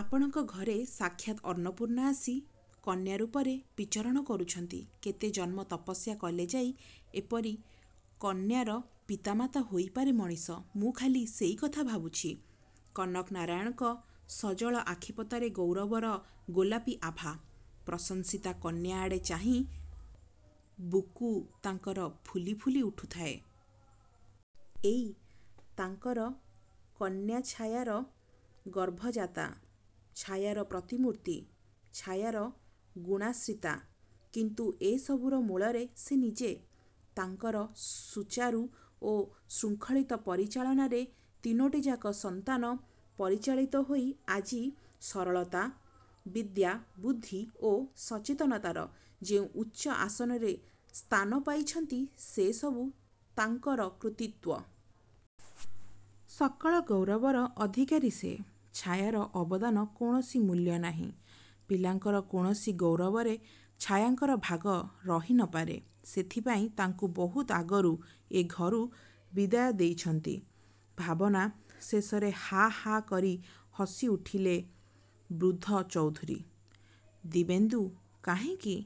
ଆପଣଙ୍କ ଘରେ ସାକ୍ଷାତ ଅର୍ଣ୍ଣପୂର୍ଣ୍ଣା ଆସି କନ୍ୟା ରୂପରେ ବିଚରଣ କରୁଛନ୍ତି। କେତେ ଜନ୍ମ ତପସ୍ୟା କଲେ ଯାଇ ଏପରି କନ୍ୟାର ପିତା ମାତା ହୋଇପାରେ ମଣିଷ, ମୁଁ ଖାଲି ସେଇ କଥା ଭାବୁଛି। କନକନାରାୟଣଙ୍କ ସଜଳ ଆଖିପତାରେ ଗୌରବର ଗୋଲାପୀ ଆଭା। ପ୍ରଶଂସୀତା କନ୍ୟା ଆଡ଼େ ଚାହିଁ ବୁକୁ ତାଙ୍କର ଫୁଲି ଫୁଲି ଉଠୁଥାଏ। ଏଇ ତାଙ୍କର କନ୍ୟାଛାୟାର ଗର୍ଭ-ଜାତା, ଛାୟାର ପ୍ରତିମୂର୍ତ୍ତି, ଛାୟାର ଗୁଣାଶ୍ରୀତା। କିନ୍ତୁ ଏ ସବୁର ମୂଳରେ ସେ ନିଜେ। ତାଙ୍କର ସୁଚାରୁ ଓ ଶୃଙ୍ଖଳିତ ପରିଚାଳନାରେ ତିନୋଟିଯାକ ସନ୍ତାନ ପରିଚାଳିତ ହୋଇ ଆଜି ସରଳତା, ବିଦ୍ୟା, ବୁଦ୍ଧି ଓ ସଚେତନତାର ଯେଉଁ ଉଚ୍ଚ ଆସନରେ ସ୍ଥାନ ପାଇଛନ୍ତି ସେ ସବୁ ତାଙ୍କର କୃତୀତ୍ୱ। ସକଳ ଗୌରବର ଅଧିକାରୀ ସେ। ଛାୟାର ଅବଦାନ କୌଣସି ମୂଲ୍ୟ ନାହିଁ। ପିଲାଙ୍କର କୌଣସି ଗୌରବରେ ଛାୟାଙ୍କର ଭାଗ ରହିନପାରେ। ସେଥିପାଇଁ ତାଙ୍କୁ ବହୁତ ଆଗରୁ ଏ ଘରୁ ବିଦାୟ ଦେଇଛନ୍ତି। ଭାବନା ଶେଷରେ ହାଃ, ହାଃ, କରି ହସିଉଠିଲେ ବୃଦ୍ଧ ଚୌଧୁରୀ। ଦିବ୍ୟେନ୍ଦୁ କାହିଁକି,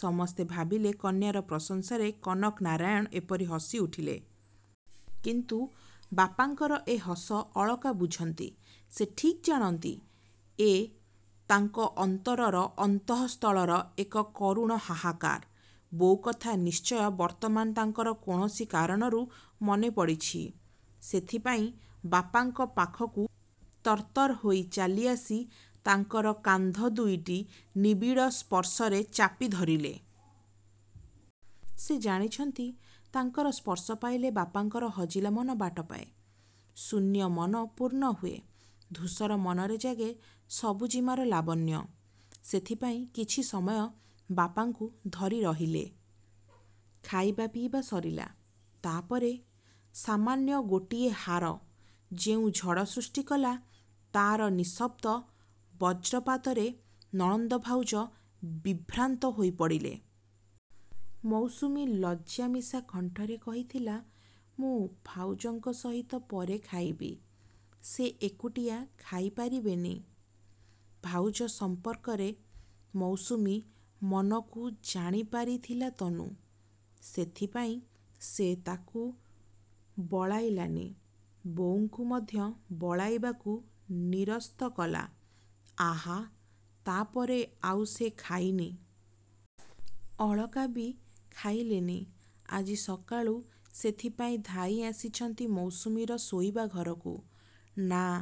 ସମସ୍ତେ ଭାବିଲେ କନ୍ୟାର ପ୍ରଶଂସାରେ କନକନାରାୟଣ ଏପରି ହସିଉଠିଲେ। କିନ୍ତୁ ବାପାଙ୍କର ଏ ହସ ଅଳକା ବୁଝନ୍ତି। ସେ ଠିକ୍ ଜାଣନ୍ତି, ଏ ତାଙ୍କ ଅନ୍ତରର ଅନ୍ତଃସ୍ଥଳର ଏକ କରୁଣ ହାହାକାର। ବୋଉ କଥା ନିଶ୍ଚୟ ବର୍ତ୍ତମାନ ତାଙ୍କର କୌଣସି କାରଣରୁ ମନେପଡ଼ିଛି। ସେଥିପାଇଁ ବାପାଙ୍କ ପାଖକୁ ତରତର ହୋଇ ଚାଲିଆସି ତାଙ୍କର କାନ୍ଧ ଦୁଇଟି ନିବିଡ଼ ସ୍ପର୍ଶରେ ଚାପି ଧରିଲେ। ସେ ଜାଣିଛନ୍ତି ତାଙ୍କର ସ୍ପର୍ଶ ପାଇଲେ ବାପାଙ୍କର ହଜିଲା ମନ ବାଟ ପାଏ, ଶୂନ୍ୟ ମନ ପୂର୍ଣ୍ଣ ହୁଏ, ଧୁସର ମନରେ ଜାଗେ ସବୁଜିମାର ଲାବଣ୍ୟ। ସେଥିପାଇଁ କିଛି ସମୟ ବାପାଙ୍କୁ ଧରି ରହିଲେ। ଖାଇବା ପିଇବା ସରିଲା। ତା' ପରେ ସାମାନ୍ୟ ଗୋଟିଏ ହାର ଯେଉଁ ଝଡ଼ ସୃଷ୍ଟି କଲା ତା'ର ନିଃଶବ୍ଦ ବଜ୍ରପାତରେ ନଣନ୍ଦ ଭାଉଜ ବିଭ୍ରାନ୍ତ ହୋଇପଡ଼ିଲେ। ମୌସୁମୀ ଲଜ୍ଜା ମିଶା କଣ୍ଠରେ କହିଥିଲା ମୁଁ ଭାଉଜଙ୍କ ସହିତ ପରେ ଖାଇବି। ସେ ଏକୁଟିଆ ଖାଇପାରିବେନି। ଭାଉଜ ସମ୍ପର୍କରେ ମୌସୁମୀ ମନକୁ ଜାଣିପାରିଥିଲା ତନୁ। ସେଥିପାଇଁ ସେ ତାକୁ ବଳାଇଲାନି। ବୋଉଙ୍କୁ ମଧ୍ୟ ବଳାଇବାକୁ ନିରସ୍ତ କଲା। ଆହା ତା' ପରେ ଆଉ ସେ ଖାଇନି। ଅଳକା ବି ଖାଇଲେନି। ଆଜି ସକାଳୁ ସେଥିପାଇଁ ଧାଇଁ ଆସିଛନ୍ତି ମୌସୁମୀର ଶୋଇବା ଘରକୁ। ନାଁ,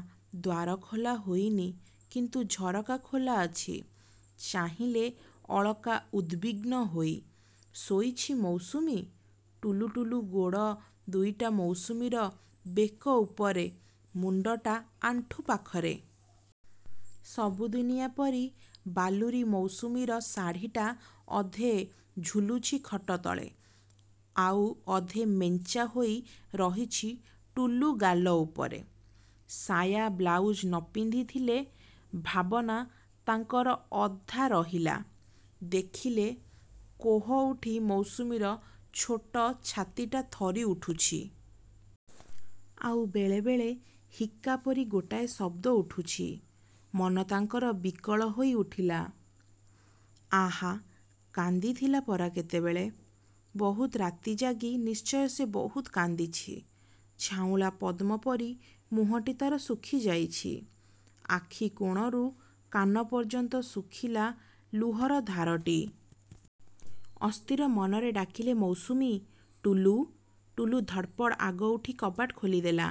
ଦ୍ୱାର ଖୋଲା ହୋଇନି କିନ୍ତୁ ଝରକା ଖୋଲା ଅଛି। ଚାହିଁଲେ ଅଳକା ଉଦ୍‌ବିଗ୍ନ ହୋଇ। ଶୋଇଛି ମୌସୁମୀ। ଟୁଲୁ-ଟୁଲୁ ଗୋଡ଼ ଦୁଇଟା ମୌସୁମୀର ବେକ ଉପରେ, ମୁଣ୍ଡଟା ଆଣ୍ଠୁ ପାଖରେ। ସବୁଦିନିଆ ପରି ବାଲୁରୀ ମୌସୁମୀର ଶାଢ଼ିଟା ଅଧେ ଝୁଲୁଛି ଖଟ ତଳେ, ଆଉ ଅଧେ ମେଞ୍ଚା ହୋଇ ରହିଛି ଟୁଲୁ ଗାଲ ଉପରେ। ସାୟା ବ୍ଳାଉଜ ନ ପିନ୍ଧି ଥିଲେ ଭାବନା ତାଙ୍କର ଅଧା ରହିଲା। ଦେଖିଲେ କୋହ ଉଠି ମୌସୁମୀର ଛୋଟ ଛାତିଟା ଥରି ଉଠୁଛି। ଆଉ ବେଳେ ବେଳେ ହିକ୍କା ପରି ଗୋଟାଏ ଶବ୍ଦ ଉଠୁଛି। ମନ ତାଙ୍କର ବିକଳ ହୋଇ ଉଠିଲା। ଆହା କାନ୍ଦିଥିଲା ପରା କେତେବେଳେ। ବହୁତ ରାତି ଜାଗି ନିଶ୍ଚୟ ସେ ବହୁତ କାନ୍ଦିଛି। ଝାଉଁଳା ପଦ୍ମ ପରି ମୁହଁଟି ତା'ର ଶୁଖି ଯାଇଛି। ଆଖି କୋଣରୁ କାନ ପର୍ଯ୍ୟନ୍ତ ଶୁଖିଲା ଲୁହର ଧାରଟି। ଅସ୍ଥିର ମନରେ ଡାକିଲେ ମୌସୁମୀ, ଟୁଲୁ-ଟୁଲୁ ଧଡ଼ପଡ଼ ଆଗ ଉଠି କବାଟ ଖୋଲିଦେଲା।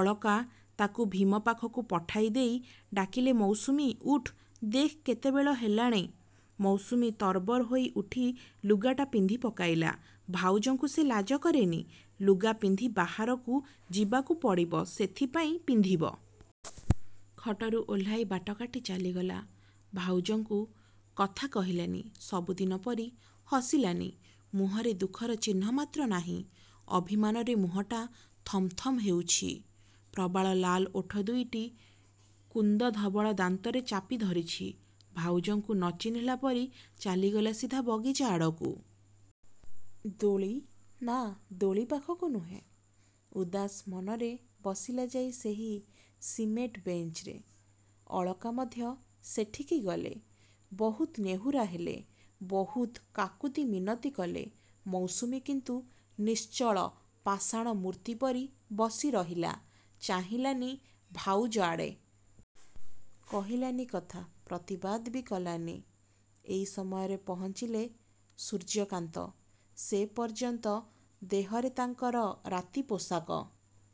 ଅଳକା ତାକୁ ଭୀମ ପାଖକୁ ପଠାଇଦେଇ ଡାକିଲେ ମୌସୁମୀ ଉଠ୍, ଦେଖ୍ କେତେବେଳ ହେଲାଣି। ମୌସୁମୀ ତରବର ହୋଇ ଉଠି ଲୁଗାଟା ପିନ୍ଧି ପକାଇଲା। ଭାଉଜଙ୍କୁ ସେ ଲାଜ କରେନି। ଲୁଗା ପିନ୍ଧି ବାହାରକୁ ଯିବାକୁ ପଡ଼ିବ ସେଥିପାଇଁ ପିନ୍ଧିବ। ଖଟରୁ ଓହ୍ଲାଇ ବାଟ କାଟି ଚାଲିଗଲା। ଭାଉଜଙ୍କୁ କଥା କହିଲାନି, ସବୁଦିନ ପରି ହସିଲାନି। ମୁହଁରେ ଦୁଃଖର ଚିହ୍ନ ମାତ୍ର ନାହିଁ। ଅଭିମାନରେ ମୁହଁଟା ଥମଥମ ହେଉଛି। ପ୍ରବାଳ ଲାଲ ଓଠ ଦୁଇଟି କୁନ୍ଦଧବଳ ଦାନ୍ତରେ ଚାପି ଧରିଛି। ଭାଉଜଙ୍କୁ ନ ଚିହ୍ନିଲା ପରି ଚାଲିଗଲା ସିଧା ବଗିଚା ଆଡ଼କୁ। ଦୋଳି? ନା, ଦୋଳି ପାଖକୁ ନୁହେଁ। ଉଦାସ ମନରେ ବସିଲା ଯାଇ ସେହି ସିମେଣ୍ଟ ବେଞ୍ଚରେ। ଅଳକା ମଧ୍ୟ ସେଠିକି ଗଲେ। ବହୁତ ନେହୁରା ହେଲେ, ବହୁତ କାକୁତି ମିନତି କଲେ। ମୌସୁମୀ କିନ୍ତୁ ନିଶ୍ଚଳ ପାଷାଣ ମୂର୍ତ୍ତି ପରି ବସି ରହିଲା। ଚାହିଁଲାନି ଭାଉଜ ଆଡ଼େ। କହିଲାନି କଥା, ପ୍ରତିବାଦ ବି କଲାନି। ଏଇ ସମୟରେ ପହଞ୍ଚିଲେ ସୂର୍ଯ୍ୟକାନ୍ତ। ସେପର୍ଯ୍ୟନ୍ତ ଦେହରେ ତାଙ୍କର ରାତି ପୋଷାକ।